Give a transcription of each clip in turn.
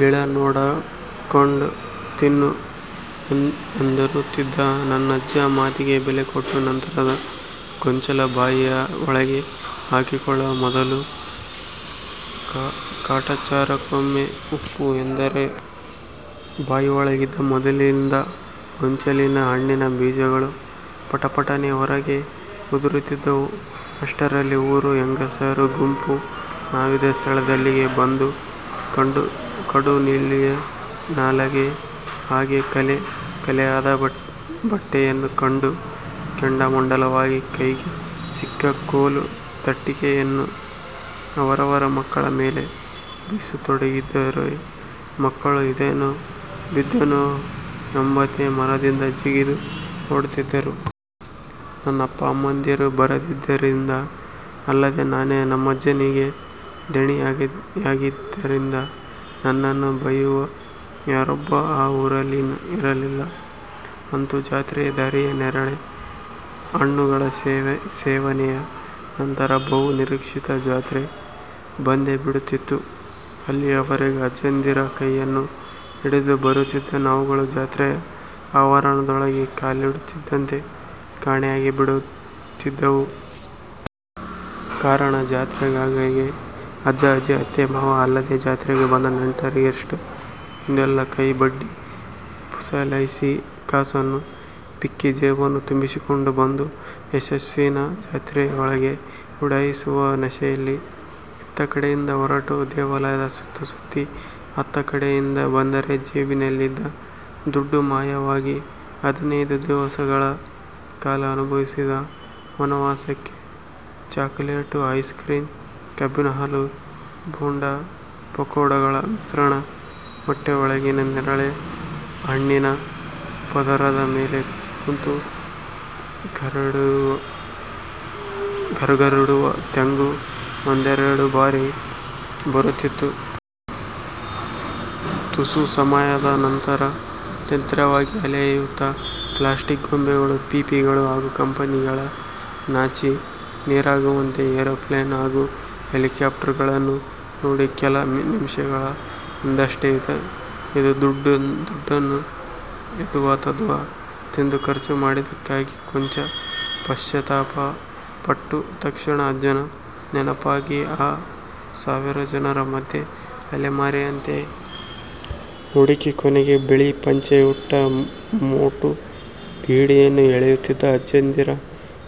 ಗಿಳ ನೋಡ್ಕಂಡ್ ತಿನ್ನು' ಎಂದನ್ನುತಿದ್ದ ನನ್ನಜ್ಜನ ಮಾತಿಗೆ ಬೆಲೆಕೊಟ್ಟು ನಂತರದ ಗೊಂಚಲನ್ನು ಬಾಯಿಯ ಒಳಗೆ ಹಾಕಿಕೊಳ್ಳುವ ಮೊದಲು ಕಾಟಾಚಾರಕ್ಕೊಮ್ಮೆ 'ಊಫ್' ಎಂದರೆ ಬಾಯೊಳಗಿದ್ದ ಮೊದಲಿಂದ ಗೊಂಚಲಿನ ಹಣ್ಣಿನ ಬೀಜಗಳು ಪಟಪಟನೆ ಹೊರಗೆ ಉದುರುತಿದ್ದವು. ಅಷ್ಟರಲ್ಲಿ ಊರ ಹೆಂಗಳೆಯರ ಗುಂಪು ನಾವಿದ್ದ ಸ್ಥಳದಲ್ಲಿಗೆ ಬಂದು ಕಡುನೀಲಿಯ ನಾಲಗೆ ಹಾಗು ಕಲೆ ಕಲೆಯಾದ ಬಟ್ಟೆಯನ್ನು ಕಂಡು ಕೆಂಡಾಮಂಡಲವಾಗಿ ಕೈಗೆ ಸಿಕ್ಕ ಕೋಲು ತಡಿಕೆಯನ್ನು ಅವರವರ ಮಕ್ಕಳ ಮೇಲೆ ಬೀಸತೊಡಗಿದರೆ ಮಕ್ಕಳು ಇದ್ದೆನೋ ಬಿದ್ದೆನೋ ಎಂಬಂತೆ ಮರದದಿಂದ ಜಿಗಿದು ಓಡುತಿದ್ದರು. ನನ್ನ ಅಪ್ಪ ಅಮ್ಮಂದಿರು ಬರದಿದ್ದರಿಂದ, ಅಲ್ಲದೆ ನಾನೇ ನಮ್ಮಜ್ಜನಿಗೆ ದಣಿಯಾಗಿದ್ದರಿಂದ ನನ್ನನ್ನು ಬೈಯುವ ಯಾರೊಬ್ಬನೂ ಆ ಊರಿನಲ್ಲಿ ಇರಲಿಲ್ಲ. ಅಂತೂ ಜಾತ್ರೆಯ ದಾರಿಯ ನೇರಳೆ ಹಣ್ಣುಗಳ ಸೇವನೆಯ ನಂತರ ಬಹು ನಿರೀಕ್ಷಿತ ಜಾತ್ರೆ ಬಂದೇ ಬಿಡುತಿತ್ತು. ಅಲ್ಲಿಯವರೆಗೂ ಅಜ್ಜಂದಿರ ಕೈಯನ್ನು ಹಿಡಿದು ಬರುತಿದ್ದ ನಾವುಗಳು ಜಾತ್ರೆಯ ಆವರಣದೊಳಗೆ ಕಾಲಿಡುತ್ತಿದ್ದಂತೆ ಕಾಣೆಯಾಗಿಬಿಡುತಿದ್ದವು. ಕಾರಣ ಜಾತ್ರೆಗಾಗೇ ಅಜ್ಜ, ಅಜ್ಜಿ, ಅತ್ತೆ ಮಾವ ಅಲ್ಲದೆ ಜಾತ್ರೆಗೆ ಬಂದ ನೆಂಟರಿಷ್ಟರ ಮುಂದೆಲ್ಲ ಕೈ ಒಡ್ಡಿ, ಪುಸಲಾಯಿಸಿ ಕಾಸನ್ನು ಪೀಕಿ, ಜೇಬನ್ನು ತುಂಬಿಸಿಕೊಂಡು ಬಂದ ಯಶಸ್ಸನ್ನು ಜಾತ್ರೆಯೊಳಗೆ ಉಡಾಯಿಸುವ ನಶೆಯಲ್ಲಿ. ಇತ್ತ ಕಡೆಯಿಂದ ಹೊರಟು ದೇವಾಲಯದ ಸುತ್ತ ಸುತ್ತಿ ಅತ್ತ ಕಡೆಯಿಂದ ಬಂದರೆ ಜೇಬಿನಲ್ಲಿದ್ದ ದುಡ್ಡು ಮಾಯವಾಗಿ, ಹದಿನೈದು ದಿವಸಗಳ ಕಾಲ ಅನುಭವಿಸಿದ ವನವಾಸಕ್ಕೆ ಚಾಕಲೇಟು, ಐಸ್ ಕ್ರೀಮ್, ಕಬ್ಬಿನ ಹಾಲು, ಬೋಂಡಾ ಪಕೋಡಗಳ ಮಿಶ್ರಣ ಹೊಟ್ಟೆಯೊಳಗಿನ ನೇರಳೆ ಹಣ್ಣಿನ ಪದರದ ಮೇಲೆ ಕೂತು ಗರಗುಡುವ ತೇಗು ಒಂದೆರೆಡು ಬಾರಿ ಬರುತ್ತಿತ್ತು. ತುಸು ಸಮಯದ ನಂತರ ಅತಂತ್ರವಾಗಿ ಅಲೆಯುತ್ತಾ ಪ್ಲಾಸ್ಟಿಕ್ ಗೊಂಬೆಗಳು, ಪೀಪಿಗಳು ಹಾಗು ಕಂಪನಿಗಳೇ ನಾಚಿ ನೀರಾಗುವಂತ ಏರೋಪ್ಲೇನ್ ಹಾಗು ಹೆಲಿಕ್ಯಾಪ್ಟಾರ್ ಗಳನ್ನು ನೋಡಿ, ಕೆಲ ನಿಮಿಷಗಳ ಹಿಂದಷ್ಟೇ ಇದ್ದ ದುಡ್ಡನ್ನು ಎದ್ವಾ-ತದ್ವಾ ತಿಂದು ಖರ್ಚು ಮಾಡಿದಕ್ಕಾಗಿ ಕೊಂಚ ಪಶ್ಚಾತಾಪ ಪಟ್ಟು, ತಕ್ಷಣ ಅಜ್ಜನ ನೆನಪಾಗಿ, ಆ ಸಾವಿರ ಜನರ ಮದ್ಯೆ ಅಲೆಮಾರಿಯಂತೆ ಹುಡುಕಿ ಕೊನೆಗೆ ಬಿಳಿ ಪಂಚೆಯುಟ್ಟು, ಮೋಟು ಬೀಡಿಯನ್ನು ಎಳೆಯುತಿದ್ದ ಅಜ್ಜಂದಿರ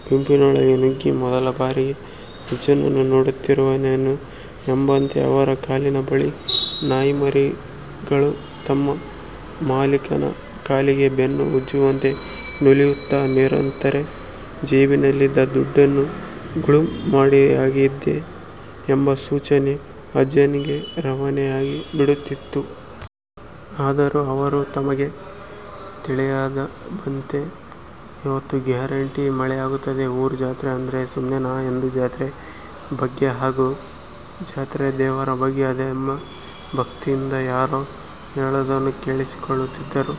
ಗುಂಪಿನೊಳಗೆ ನುಗ್ಗಿ ಮೊದಲ ಬಾರಿಗೆ ಅಜ್ಜನನ್ನು ನೋಡುತ್ತಿರುವೆನೇನೋ ಎಂಬಂತೆ ಅವರ ಕಾಲಿನ ಬಳಿ ನಾಯಿಮರಿಗಳು ತಮ್ಮ ಮಾಲೀಕನ ಕಾಲಿಗೆ ಬೆನ್ನು ಉಜ್ಜುವಂತೆ ನುಲಿಯುತ್ತ ನಿಂತರೆ 'ಜೇಬಿನಲ್ಲಿದ್ದ ದುಡ್ಡನ್ನು ಗುಳುಂ ಮಾಡಿಯಾಗಿದೆ' ಎಂಬ ಸೂಚನೆ ಅಜ್ಜನಿಗೆ ರವಾನೆಯಾಗಿಬಿಡುತ್ತಿತ್ತು. ಆದರೂ ಅವರು ತಮಗೇನು ತಿಳಿಯದೆಂಬಂತೆ 'ಇವತ್ತು ಗ್ಯಾರಂಟಿ ಮಳೆಯಾಗುತ್ತೆ. ಊರ್ ಜಾತ್ರೆ ಅಂದ್ರೆ ಸುಮ್ನೇನಾ' ಎಂದು ಜಾತ್ರೆಯ ಬಗ್ಗೆ ಹಾಗು ಜಾತ್ರೆಯ ದೇವರ ಬಗ್ಗೆ ಅಧಮ್ಯ ಭಕ್ತಿಯಿದ್ದ ಯಾರೋ ಹೇಳುವುದನ್ನು ಕೇಳಿಸಿಕೊಳ್ಳುತ್ತಿದ್ದರು.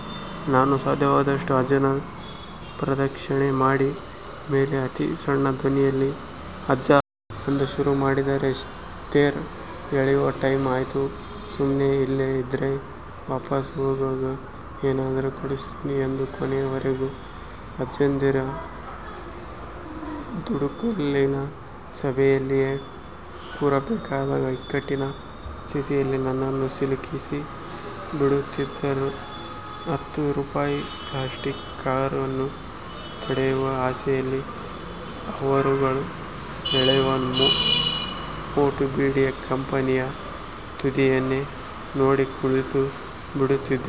ನಾನು ಸಾಧ್ಯವಾದಷ್ಟು ಅಜ್ಜನ ಪ್ರದಕ್ಷಿಣೆ ಮಾಡಿದ ಮೇಲೆ ಅತಿ ಸಣ್ಣ ಧ್ವನಿಯಲ್ಲಿ 'ಅಜ್ಜಾ. 'ಎಂದು ಶುರು ಮಾಡಿದರೆ 'ತೇರ್ ಎಳಿಯೋ ಟೈಮ್ ಆಯಿತು. ಸುಮ್ನೆ ಇಲ್ಲೇ ಇದ್ರೆ ವಾಪಾಸ್ ಹೋಗಾಗ ಏನಾದ್ರು ಕೊಡುಸ್ತೀನಿ' ಎಂದು ಕೊನೆಯವರೆಗೂ ಅಜ್ಜಂದಿರ ದುಂಡುಕಲ್ಲಿನ ಸಭೆಯಲ್ಲಿಯೇ ಕೂರಬೇಕಾದ ಇಕ್ಕಟಿನ ಸ್ಥಿತಿಯಲ್ಲಿ ನನ್ನನು ಸಿಲುಕಿಸಿ ಬಿಡುತ್ತಿದ್ದರು. ಹತ್ತು ರೂಪಾಯಿಯ ಪ್ಲಾಸ್ಟಿಕ್ ಕಾರನ್ನು ಪಡೆಯುವ ಆಸೆಯಲ್ಲಿ ಅವರುಗಳು ಎಳೆಯುವ ಮೋಟು ಬೀಡಿಯ ಕೆಂಪನೆಯ ತುದಿಯನ್ನೇ ನೋಡಿ ಕುಳಿತು ಬಿಡುತ್ತಿದ್ದೆ.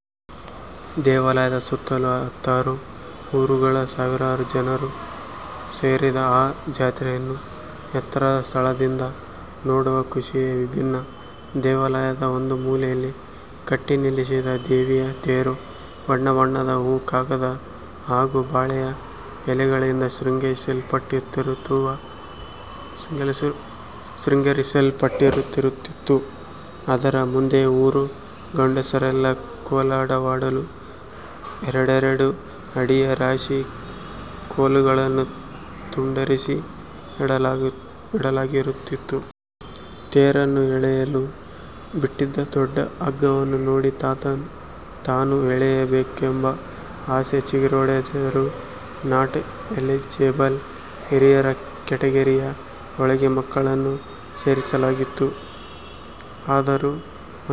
ದೇವಾಲಯದ ಸುತ್ತಲೂ ಹತ್ತಾರು ಊರುಗಳ ಸಾವಿರಾರು ಜನರು ಸೇರಿದ್ದ ಆ ಜಾತ್ರೆಯನ್ನು ಎತ್ತರದ ಸ್ಥಳದಿಂದ ನೋಡುವ ಖುಷಿಯೇ ವಿಭಿನ್ನ. ದೇವಾಲಯದ ಒಂದು ಮೂಲೆಯಲ್ಲಿ ಕಟ್ಟಿ ನಿಲ್ಲಿಸಿದ್ದ ದೇವಿಯ ತೇರು ಬಣ್ಣ ಬಣ್ಣದ ಹೂವು, ಕಾಗದ ಹಾಗು ಬಾಳೆಯ ಎಲೆಗಳಿಂದ ಶೃಂಗರಿಸಲ್ಪಟ್ಟಿರುತ್ತಿತು. ಅದರ ಮುಂದೆ ಊರ ಗಂಡಸರೆಲ್ಲರು ಕೋಲಾಟವಾಡಲು ಎರೆಡೆರೆಡು ಅಡಿಯ ರಾಶಿ ಕೋಲುಗಳನ್ನು ತುಂಡರಿಸಿ ಇಡಲಾಗಿರುತ್ತಿತು. ತೇರನ್ನು ಎಳೆಯಲು ಬಿಟ್ಟಿದ್ದ ದೊಡ್ಡ ಹಗ್ಗವನ್ನು ನೋಡಿ ತಾನೂ ಎಳೆಯಬೇಕೆಂಬ ಆಸೆ ಚಿಗುರೊಡೆದರೂ, ನಾಟ್-ಎಲಿಜಿಬಲ್ ಹಿರಿಯರ ಕೆಟಗೆರಿಯ ಒಳಗೆ ಮಕ್ಕಳನ್ನೂ ಸೇರಿಸಲಾಗಿತ್ತು. ಆದರೂ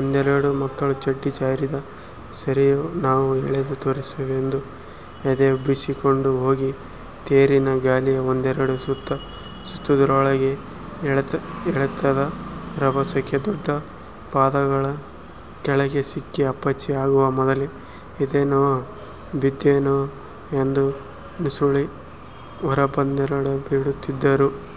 ಒಂದೆರೆಡು ಮಕ್ಕಳು ಚಡ್ಡಿ ಜಾರಿದರೂ ಸರಿಯೇ ನಾವು ಎಳೆದು ತೋರಿಸುವೆಂದು ಎದೆಯುಬ್ಬಿಸಿಕೊಂಡು ಹೋಗಿ ತೇರಿನ ಗಾಲಿ ಒಂದೆರೆಡು ಸುತ್ತು ಸುತ್ತುವುದರೊಳಗೆ ಎಳೆತದ ರಭಸಕ್ಕೆ ದೊಡ್ಡ ಪಾದಗಳ ಕೆಳಗೆ ಸಿಕ್ಕಿ ಅಪ್ಪಚ್ಚಿ ಆಗುವ ಮೊದಲೇ ಇದ್ದೆನೋ ಬಿದ್ದೆನೋ ಎಂದು ನುಸುಳಿ ಹೊರಬಂದುಬಿಡುತ್ತಿದ್ದರು.